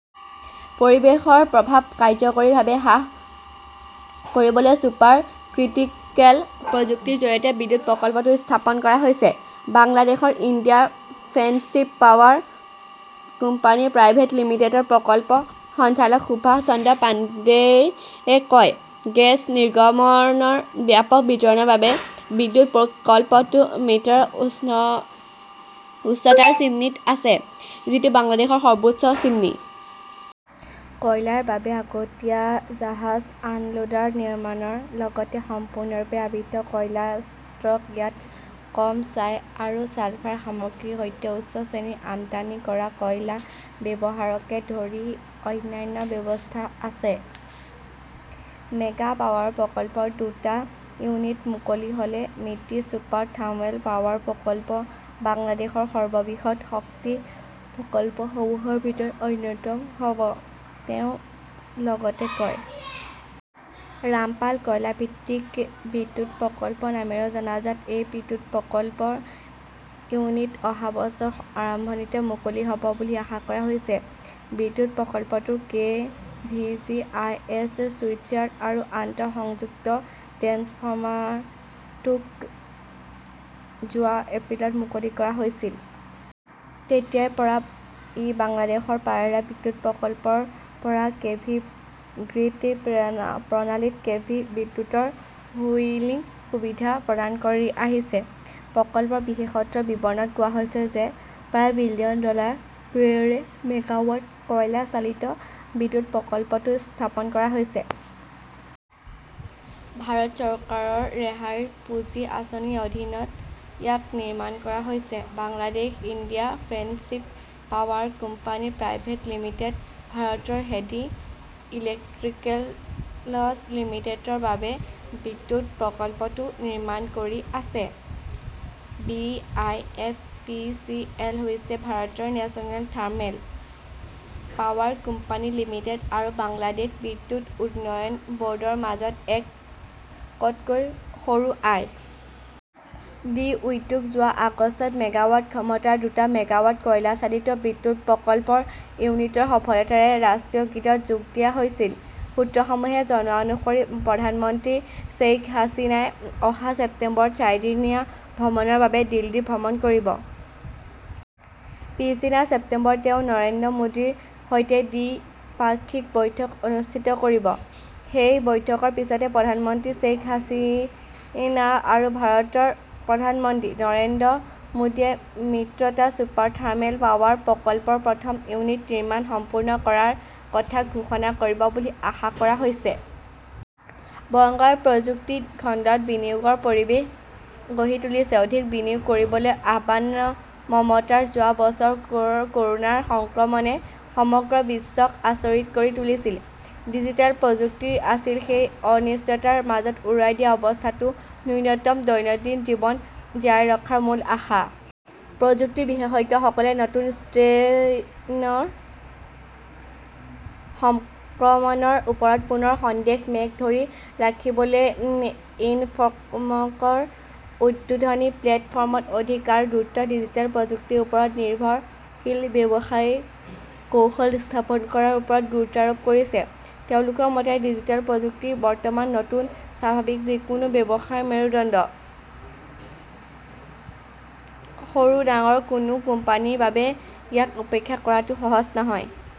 পৰিৱেশৰ প্ৰভাৱ কাৰ্যকৰীভাৱে হ্ৰাস কৰিবলৈ ছুপাৰ ক্ৰিটিকেল প্ৰযুক্তিৰ জৰিয়তে বিদ্যুৎ প্ৰকল্পটো স্থাপন কৰা হৈছে, Bangladesh India friendship power company private লিমিটেডৰ প্ৰকল্প সঞ্চালক সুভাষ চন্দ্ৰ পাণ্ডেয়ে কয়। গেছ নিৰ্গমনৰ ব্যাপক বিতৰণৰ বাবে বিদ্যুৎ প্ৰকল্পটোত মিটাৰ উচ্চতাৰ চিমনী আছে, যিটো বাংলাদেশৰ সৰ্বোচ্চ চিমনী। কয়লাৰ বাবে আগতীয়া জাহাজ অনলোডাৰ নিৰ্মাণৰ লগতে সম্পূৰ্ণৰূপে আবৃত কয়লা ষ্টক য়াৰ্ড, কম ছাই আৰু ছালফাৰ সামগ্ৰীৰ সৈতে উচ্চ শ্ৰেণীৰ আমদানি কৰা কয়লা ব্যৱহাৰকে ধৰি অন্যান্য ব্যৱস্থা আছে। মেগা পাৱাৰ প্ৰকল্পৰ দুটা ইউনিট মুকলি হ'লে মিত্ৰী ছুপাৰ থাৰ্মেল পাৱাৰ প্ৰকল্প বাংলাদেশৰ সৰ্ববৃহৎ শক্তি প্ৰকল্পসমূহৰ ভিতৰত অন্যতম হ'ব, তেওঁ লগতে কয়। ৰামপাল কয়লা ভিত্তিক বিদ্যুৎ প্ৰকল্প নামেৰেও জনাজাত এই বিদ্যুৎ প্ৰকল্পৰ ইউনিট-অহা বছৰৰ আৰম্ভণিতে মুকলি হ'ব বুলি আশা কৰা হৈছে। বিদ্যুৎ প্ৰকল্পটোৰ K. V. G. I. S. Switchyard আৰু আন্তঃসংযুক্ত ট্ৰেন্সফাৰমাৰটো যোৱা এপ্ৰিলত মুকলি কৰা হৈছিল। তেতিয়াৰ পৰা ই বাংলাদেশৰ পায়ৰা বিদ্যুৎ প্ৰকল্পৰ পৰা কেভি গ্ৰীড প্ৰণালীত কেভি বিদ্যুৎৰ হুইলিং সুবিধা প্ৰদান কৰি আহিছে। প্ৰকল্পৰ বিশেষত্বৰ বিৱৰণত কোৱা হৈছে যে প্ৰায় বিলিয়ন ডলাৰৰ ব্যয়েৰে মেগাৱাট কয়লা চালিত বিদ্যুৎ প্ৰকল্পটো স্থাপন কৰা হৈছে। ভাৰত চৰকাৰৰ ৰেহাই পুঁজি আঁচনিৰ অধীনত ইয়াক নিৰ্মাণ কৰা হৈছে। Bangladesh India friendship power company private লিমিটেডে ভাৰতৰ হেভি ইলেকট্ৰিকেলছ লিমিটেডৰ বাবে বিদ্যুৎ প্ৰকল্পটো নিৰ্মাণ কৰি আছে। B. I. F. P. C. L. হৈছে ভাৰতৰ national thermal power company limited আৰু বাংলাদেশ বিদ্যুৎ উন্নয়ন বৰ্ডৰ মাজত এক তকৈ সৰু আই. ডি. উদ্যোগ। যোৱা আগষ্টত মেগাৱাট ক্ষমতাৰ দুটা মেগাৱাট কয়লা চালিত বিদ্যুৎ প্ৰকল্পৰ ইউনিটৰ সফলতাৰে ৰাষ্ট্ৰীয় গ্ৰীডত যোগ দিয়া হৈছিল। সূত্ৰসমূহে জনোৱা অনুসৰি প্ৰধানমন্ত্ৰী শ্বেইখ হাছিনাই অহা ছেপ্টেম্বৰত চাৰিদিনীয়া ভ্ৰমণৰ বাবে দিল্লী ভ্ৰমণ কৰিব। পিছদিনা ছেপ্টেম্বৰত তেওঁ নৰেন্দ্ৰ মোদীৰ সৈতে দ্বিপাক্ষিক বৈঠক অনুষ্ঠিত কৰিব। সেই বৈঠকৰ পিছতে প্ৰধানমন্ত্ৰী শ্বেইখ হাছিনা আৰু ভাৰতৰ প্ৰধানমন্ত্ৰী নৰেন্দ্ৰ মোদীয়ে মিত্ৰতা ছুপাৰ থাৰ্মেল পাৱাৰ প্ৰকল্পৰ প্ৰথম ইউনিটৰ নিৰ্মাণ সম্পূৰ্ণ কৰাৰ কথা ঘোষণা কৰিব বুলি আশা কৰা হৈছে। বংগই প্ৰযুক্তি খণ্ডত বিনিয়োগৰ পৰিৱেশ গঢ়ি তুলিছে, অধিক বিনিয়োগ কৰিবলৈ আহ্বান মমতাৰ যোৱা বছৰ কৰোনাৰ সংক্ৰমণে সমগ্ৰ বিশ্বক আচৰিত কৰি তুলিছিল। ডিজিটেল প্ৰযুক্তি আছিল সেই অনিশ্চয়তাৰ মাজত উৰুৱাই থকা অৱস্থাতও ন্যূনতম দৈনন্দিন জীৱন জীয়াই ৰখাৰ মূল আশা। প্ৰযুক্তিৰ বিশেষজ্ঞসকলে নতুন ষ্ট্ৰেইনৰ সংক্ৰমণৰ ওপৰত পুনৰ সন্দেহৰ মেঘ ধৰি ৰাখিবলৈ ইনফকমৰ উদ্বোধনী প্লেটফৰ্মত অধিক আৰু দ্ৰুত ডিজিটেল প্ৰযুক্তিৰ ওপৰত নিৰ্ভৰশীল ব্যৱসায়িক কৌশল স্থাপন কৰাৰ ওপৰত গুৰুত্ব আৰোপ কৰিছে। তেওঁলোকৰ মতে, ডিজিটেল প্ৰযুক্তি বৰ্তমানৰ নতুন স্বাভাৱিকৰ যিকোনো ব্যৱসায়ৰ মেৰুদণ্ড। সৰু-ডাঙৰ, কোনো কোম্পানীৰ বাবে ইয়াক উপেক্ষা কৰাটো সহজ নহয়।